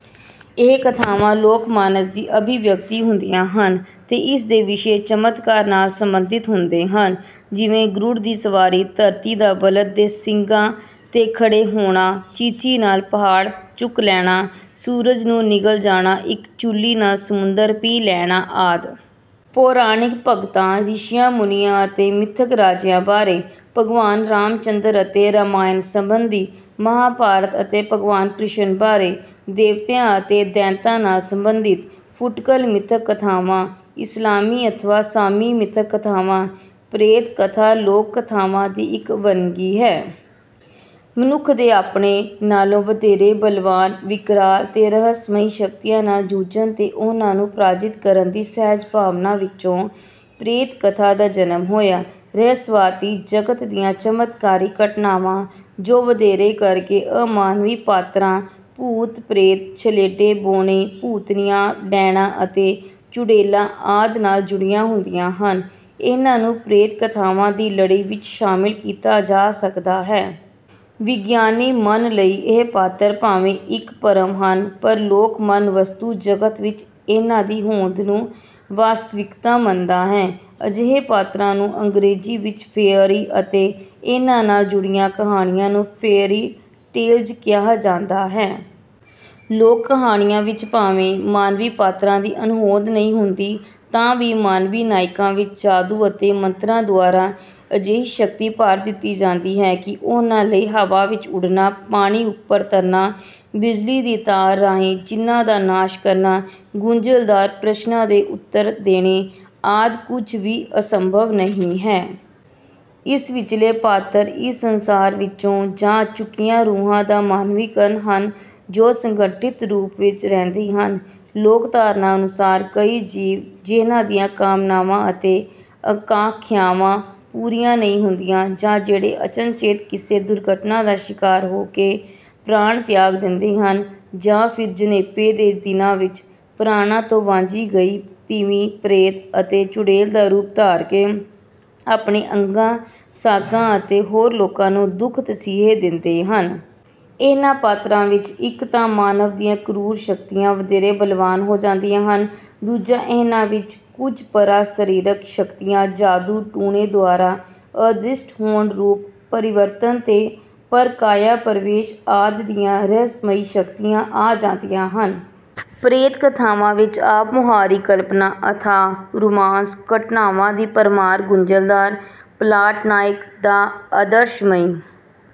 ਇਹ ਕਥਾਵਾਂ ਲੋਕ ਮਾਨਸ ਦੀ ਅਭਿਵਿਅਕਤੀ ਹੁੰਦੀਆਂ ਹਨ ਤੇ ਇਸ ਦੇ ਵਿਸ਼ੇ ਚਮਤਕਾਰ ਨਾਲ ਸਬੰਧਿਤ ਹੁੰਦੇ ਹਨ। ਜਿਵੇਂ ਗਰੁੜ ਦੀ ਸਵਾਰੀ ਧਰਤੀ ਦਾ ਬਲਦ ਦੇ ਸਿੰਗਾਂ ਤੇ ਖੜੇ ਹੋਣਾ ਚੀਚੀ ਨਾਲ ਪਹਾੜ ਚੁੱਕ ਲੈਣਾ ਸੂਰਜ ਨੂੰ ਨਿਗਲ ਜਾਣਾ ਇੱਕ ਚੁਲੀ ਨਾਲ ਸਮੁੰਦਰ ਪੀ ਲੈਣਾ ਆਦਿ। ਪੌਰਾਣਿਕ ਭਗਤਾਂ ਰਿਸ਼ੀਆਂ ਮੁਨੀਆਂ ਅਤੇ ਮਿੱਥਕ ਰਾਜਿਆਂ ਬਾਰੇ। ਭਗਵਾਨ ਰਾਮਚੰਦਰ ਅਤੇ ਰਾਮਾਇਣ ਸਬੰਧੀ। ਮਹਾਭਾਰਤ ਅਤੇ ਭਗਵਾਨ ਕ੍ਰਿਸ਼ਨ ਬਾਰੇ। ਦੇਵਤਿਆਂ ਅਤੇ ਦੈਂਤਾਂ ਨਾਲ ਸਬੰਧਿਤ। ਫੁੱਟਕਲ ਮਿੱਥਕ ਕਥਾਵਾਂ। ਇਸਲਾਮੀ ਅਥਵਾ ਸਾਮੀ ਮਿੱਥਕ ਕਥਾਵਾਂ। ਪ੍ਰੇਤ ਕਥਾ ਲੋਕ ਕਥਾਵਾਂ ਦੀ ਇੱਕ ਵੰਨਗੀ ਹੈ। ਮਨੁੱਖ ਦੇ ਆਪਣੇ ਨਾਲ਼ੋਂ ਵਧੇਰੇ ਬਲਵਾਨ ਵਿਕਰਾਲ ਤੇ ਰਹੱਸਮਈ ਸ਼ਕਤੀਆਂ ਨਾਲ਼ ਜੂਝਣ ਤੇ ਉਹਨਾਂ ਨੂੰ ਪ੍ਰਾਜਿਤ ਕਰਨ ਦੀ ਸਹਿਜ ਭਾਵਨਾ ਵਿੱਚੋਂ ਪ੍ਰੇਤ ਕਥਾ ਦਾ ਜਨਮ ਹੋਇਆ। ਰਹੱਸਵਾਦੀ ਜਗਤ ਦੀਆਂ ਚਮਤਕਾਰੀ ਘਟਨਾਵਾਂ ਜੋ ਵਧੇਰੇ ਕਰ ਕੇ ਅਮਾਨਵੀ ਪਾਤਰਾਂ ਭੂਤ ਪ੍ਰੇਤ ਛਲੇਡੇ ਬੌਣੇ ਭੂਤਨੀਆਂ ਡੈਣਾਂ ਅਤੇ ਚੁੜੇਲਾਂ ਆਦਿ ਨਾਲ਼ ਜੁੜੀਆਂ ਹੁੰਦੀਆਂ ਹਨ ਇਹਨਾਂ ਨੂੰ ਪ੍ਰੇਤ ਕਥਾਵਾਂ ਦੀ ਲੜੀ ਵਿੱਚ ਸ਼ਾਮਿਲ ਕੀਤਾ ਜਾ ਸਕਦਾ ਹੈ। ਵਿਗਿਆਨੀ ਮਨ ਲਈ ਇਹ ਪਾਤਰ ਭਾਵੇਂ ਇੱਕ ਭਰਮ ਹਨ ਪਰ ਲੋਕ ਮਨ ਵਸਤੂ ਜਗਤ ਵਿੱਚ ਇਹਨਾਂ ਦੀ ਹੋਂਦ ਨੂੰ ਵਾਸਤਵਿਕਤਾ ਮੰਨਦਾ ਹੈ। ਅਜਿਹੇ ਪਾਤਰਾਂ ਨੂੰ ਅੰਗਰੇਜ਼ੀ ਵਿੱਚ ਫੇਅਰੀ ਅਤੇ ਇਹਨਾਂ ਨਾਲ਼ ਜੁੜੀਆਂ ਕਹਾਣੀਆਂ ਨੂੰ ਫੇਅਰੀ ਟੇਲਜ਼ ਕਿਹਾ ਜਾਂਦਾ ਹੈ। ਲੋਕ ਕਹਾਣੀਆਂ ਵਿੱਚ ਭਾਵੇਂ ਮਾਨਵੀ ਪਾਤਰਾਂ ਦੀ ਅਣਹੋਂਦ ਨਹੀਂ ਹੁੰਦੀ ਤਾਂ ਵੀ ਮਾਨਵੀ ਨਾਇਕਾਂ ਵਿੱਚ ਜਾਦੂ ਅਤੇ ਮੰਤਰਾਂ ਦੁਆਰਾ ਅਜਿਹੀ ਸ਼ਕਤੀ ਭਰ ਦਿੱਤੀ ਜਾਂਦੀ ਹੈ ਕਿ ਉਹਨਾਂ ਲਈ ਹਵਾ ਵਿੱਚ ਉੱਡਣਾ ਪਾਣੀ ਉੱਪਰ ਤਰਨਾ ਬਿਜਲੀ ਦੀ ਤਾਰ ਰਾਹੀਂ ਜਿੰਨਾਂ ਦਾ ਨਾਸ਼ ਕਰਨਾ ਗੁੰਝਲਦਾਰ ਪ੍ਰਸ਼ਨਾਂ ਦੇ ਉੱਤਰ ਦੇਣੇ ਆਦਿ ਕੁੱਝ ਵੀ ਅਸੰਭਵ ਨਹੀਂ ਹੈ। ਇਸ ਵਿੱਚਲੇ ਪਾਤਰ ਇਸ ਸੰਸਾਰ ਵਿੱਚੋਂ ਜਾ ਚੁੱਕੀਆਂ ਰੂਹਾਂ ਦਾ ਮਾਨਵੀਕਰਨ ਹਨ ਜੋ ਸੰਗਠਿਤ ਰੂਪ ਵਿੱਚ ਰਹਿੰਦੇ ਹਨ। ਲੋਕ ਧਾਰਨਾ ਅਨੁਸਾਰ ਕਈ ਜੀਵ ਜਿਹਨਾਂ ਦੀਆਂ ਕਾਮਨਾਵਾਂ ਤੇ ਅਕਾਂਖਿਆਵਾਂ ਪੂਰੀਆਂ ਨਹੀਂ ਹੁੰਦੀਆਂ ਜਾਂ ਜਿਹੜੇ ਅਚਨਚੇਤ ਕਿਸੇ ਦੁਰਘਟਨਾ ਦਾ ਸ਼ਿਕਾਰ ਹੋ ਕੇ ਪ੍ਰਾਣ ਤਿਆਗ ਦਿੰਦੇ ਹਨ ਜਾਂ ਫਿਰ ਜਣੇਪੇ ਦੇ ਦਿਨਾਂ ਵਿੱਚ ਪ੍ਰਾਣਾਂ ਤੋਂ ਵਾਂਝੀ ਗਈ ਤੀਵੀਂ ਪ੍ਰੇਤ ਅਤੇ ਚੁੜੇਲ ਦਾ ਰੂਪ ਧਾਰ ਕੇ ਆਪਣੇ ਅੰਗਾਂ ਸਾਕਾਂ ਅਤੇ ਹੋਰ ਲੋਕਾਂ ਨੂੰ ਦੁੱਖ ਤਸੀਹੇ ਦਿੰਦੇ ਹਨ। ਇਹਨਾਂ ਪਾਤਰਾਂ ਵਿੱਚ ਇੱਕ ਤਾਂ ਮਾਨਵ ਦੀਆਂ ਕਰੂਰ ਸ਼ਕਤੀਆਂ ਵਧੇਰੇ ਬਲਵਾਨ ਹੋ ਜਾਂਦੀਆਂ ਹਨ। ਦੂਜਾ ਇਹਨਾਂ ਵਿੱਚ ਕੁੱਝ ਪਰਾ ਸਰੀਰਕ ਸ਼ਕਤੀਆਂ ਜਾਦੂ ਟੂਣੇ ਦੁਆਰਾ ਅਦ੍ਰਿਸ਼ਟ ਹੋਣ ਰੂਪ ਪਰਿਵਰਤਨ ਤੇ ਪਰ ਕਾਇਆ ਪ੍ਰਵੇਸ਼ ਆਦਿ ਦੀਆਂ ਰਹੱਸਮਈ ਸ਼ਕਤੀਆਂ ਆ ਜਾਂਦੀਆਂ ਹਨ। ਪ੍ਰੇਤ ਕਥਾਵਾਂ ਵਿੱਚ ਆਪ ਮੁਹਾਰੀ ਕਲਪਨਾ ਅਥਾਹ ਰੁਮਾਂਸ ਘਟਨਾਵਾਂ ਦੀ ਭਰਮਾਰ ਗੁੰਝਲਦਾਰ ਪਲਾਟ ਨਾਇਕ ਦਾ ਆਦਰਸ਼ਮਈ